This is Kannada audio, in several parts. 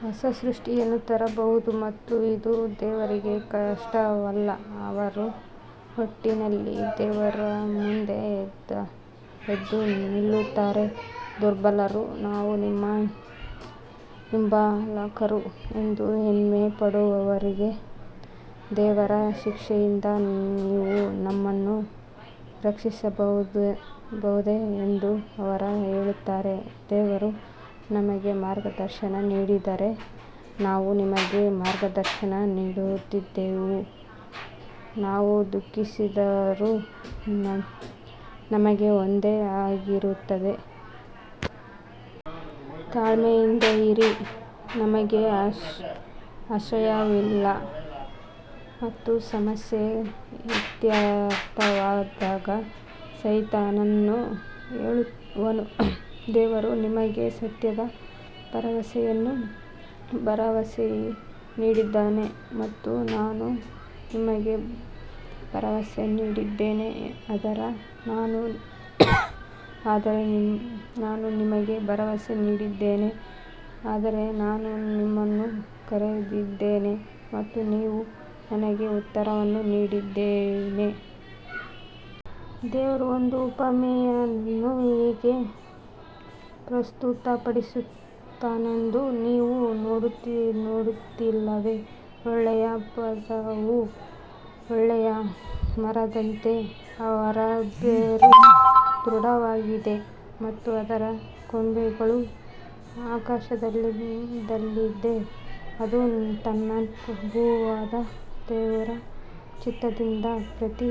ಹೊಸ ಸೃಷ್ಟಿಯನ್ನು ತರಬಹುದು ಮತ್ತು ಇದು ದೇವರಿಗೆ ಕಷ್ಟವಲ್ಲ ಅವರು ಒಟ್ಟಿನಲ್ಲಿ ದೇವರ ಮುಂದೆ ಎದ್ದು ನಿಲ್ಲುತ್ತಾರೆ ದುರ್ಬಲರು ನಾವು ನಿಮ್ಮ ಹಿಂಬಾಲಕರು ಎಂದು ಹೆಮ್ಮೆ ಪಡುವವರಿಗೆ ದೇವರ ಶಿಕ್ಷೆಯಿಂದ ನೀವು ನಮ್ಮನ್ನು ರಕ್ಷಿಸಬಹುದೇ ಎಂದು ಅವರು ಹೇಳುತ್ತಾರೆ ದೇವರು ನಮಗೆ ಮಾರ್ಗದರ್ಶನ ನೀಡಿದ್ದರೆ ನಾವು ನಿಮಗೆ ಮಾರ್ಗದರ್ಶನ ನೀಡುತ್ತಿದ್ದೆವು ನಾವು ದುಃಖಿಸಿದರೂ ನಮಗೆ ಒಂದೇ ಆಗಿರುತ್ತದೆ. ತಾಳ್ಮೆಯಿಂದಿರಿ ನಮಗೆ ಆಶ್ರಯವಿಲ್ಲ ಮತ್ತು ಸಮಸ್ಯೆ ಇತ್ಯರ್ಥವಾದಾಗ ಸೈತಾನನು ಹೇಳುವನು, ದೇವರು ನಿಮಗೆ ಸತ್ಯದ ಭರವಸೆಯನ್ನು ಭರವಸೆ ನೀಡಿದ್ದಾನೆ ಮತ್ತು ನಾನು ನಿಮಗೆ ಭರವಸೆ ನೀಡಿದ್ದೇನೆ ಆದರೆ ನಾನು ನಿಮಗೆ ಭರವಸೆ ನೀಡಿದ್ದೇನೆ ಆದರೆ ನಾನು ನಿಮ್ಮನ್ನು ಕರೆದಿದ್ದೇನೆ ಮತ್ತು ನೀವು ನನಗೆ ಉತ್ತರವನ್ನು ನೀಡಿದ್ದೇನೆ ದೇವರು ಒಂದು ಉಪಮೆಯನ್ನು ಹೇಗೆ ಪ್ರಸ್ತುತಪಡಿಸುತ್ತಾನೆಂದು ನೀವು ನೋಡುತ್ತಿಲ್ಲವೇ, ಒಳ್ಳೆಯ ಪದವು ಒಳ್ಳೆಯ ಮರದಂತೆ ಅದರ ಬೇರು ದೃಢವಾಗಿದೆ ಮತ್ತು ಅದರ ಕೊಂಬೆಗಳು ಆಕಾಶದಲ್ಲಿದೆ ಅದು ತನ್ನ ಪ್ರಭುವಾದ ದೇವರ ಚಿತ್ತದಿಂದ ಪ್ರತಿ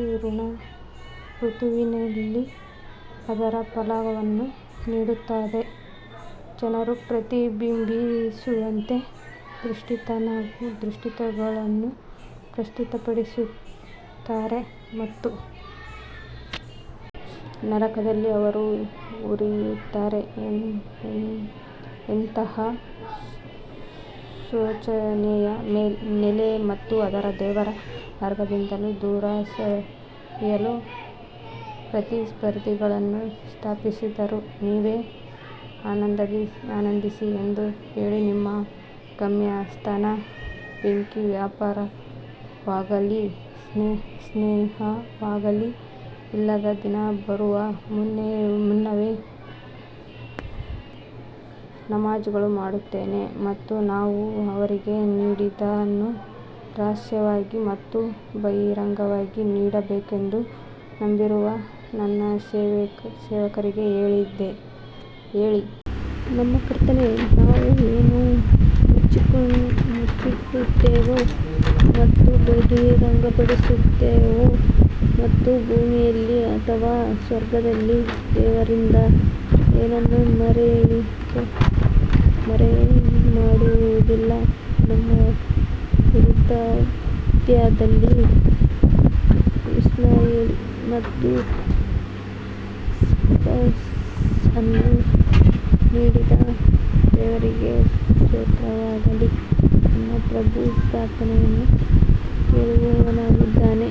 ಋತುವಿನಲ್ಲಿ ಅದರ ಫಲವನ್ನು ನೀಡುತ್ತದೆ, ಜನರು ಪ್ರತಿಬಿಂಬಿಸುವಂತೆ ದೃಷ್ಟಾಂತಗಳನ್ನು ಪ್ರಸ್ತುತಪಡಿಸುತ್ತಾರೆ ಮತ್ತು ನರಕದಲ್ಲಿ ಅವರು ಹುರಿಯುತ್ತಾರೆ ಎಂತಹ ಶೋಚನೀಯ ನೆಲೆ ಮತ್ತು ಅವರು ದೇವರ ಮಾರ್ಗದಿಂದ ದೂರ ಸರಿಯಲು ಪ್ರತಿಸ್ಪರ್ಧಿಗಳನ್ನು ಸ್ಥಾಪಿಸಿದರು, ನೀವೇ ಆನಂದಿಸಿ ಎಂದು ಹೇಳಿ ನಿಮ್ಮ ಗಮ್ಯಸ್ಥಾನ ಬೆಂಕಿ ವ್ಯಾಪಾರವಾಗಲಿ, ಸ್ನೇಹವಾಗಲಿ ಇಲ್ಲದ ದಿನ ಬರುವ ಮುನ್ನವೇ ನಮಾಝ್ಗಳನ್ನು ಮಾಡುತ್ತೇನೆ ಮತ್ತು ನಾವು ಅವರಿಗೆ ನೀಡಿದ್ದನ್ನು ರಹಸ್ಯವಾಗಿ ಮತ್ತು ಬಹಿರಂಗವಾಗಿ ನೀಡಬೇಕೆಂದು ನಂಬಿರುವ ನನ್ನ ಸೇವಕರಿಗೆ ಹೇಳಿ. ನಮ್ಮ ಕರ್ತನೇ, ನಾವು ಏನು ಮುಚ್ಚಿಡುತ್ತೇವೆ ಮತ್ತು ಬಹಿರಂಗಪಡಿಸುತ್ತೇವೆ ಮತ್ತು ಭೂಮಿಯಲ್ಲಿ ಅಥವಾ ಸ್ವರ್ಗದಲ್ಲಿ ದೇವರಿಂದ ಏನನ್ನೂ ಮರೆಮಾಡುವುದಿಲ್ಲ ನನ್ನ ವೃದ್ಧಾಪ್ಯದಲ್ಲಿ ಇಸ್ಮಾಯಿಲ್ ಮತ್ತು ಇಸಾಕ್ ಅನ್ನು ನೀಡಿದ ದೇವರಿಗೆ ಸ್ತೋತ್ರವಾಗಲಿ, ನನ್ನ ಪ್ರಭು ಪ್ರಾರ್ಥನೆಗಳನ್ನು ಕೇಳುವವನಾಗಿದ್ದಾನೆ.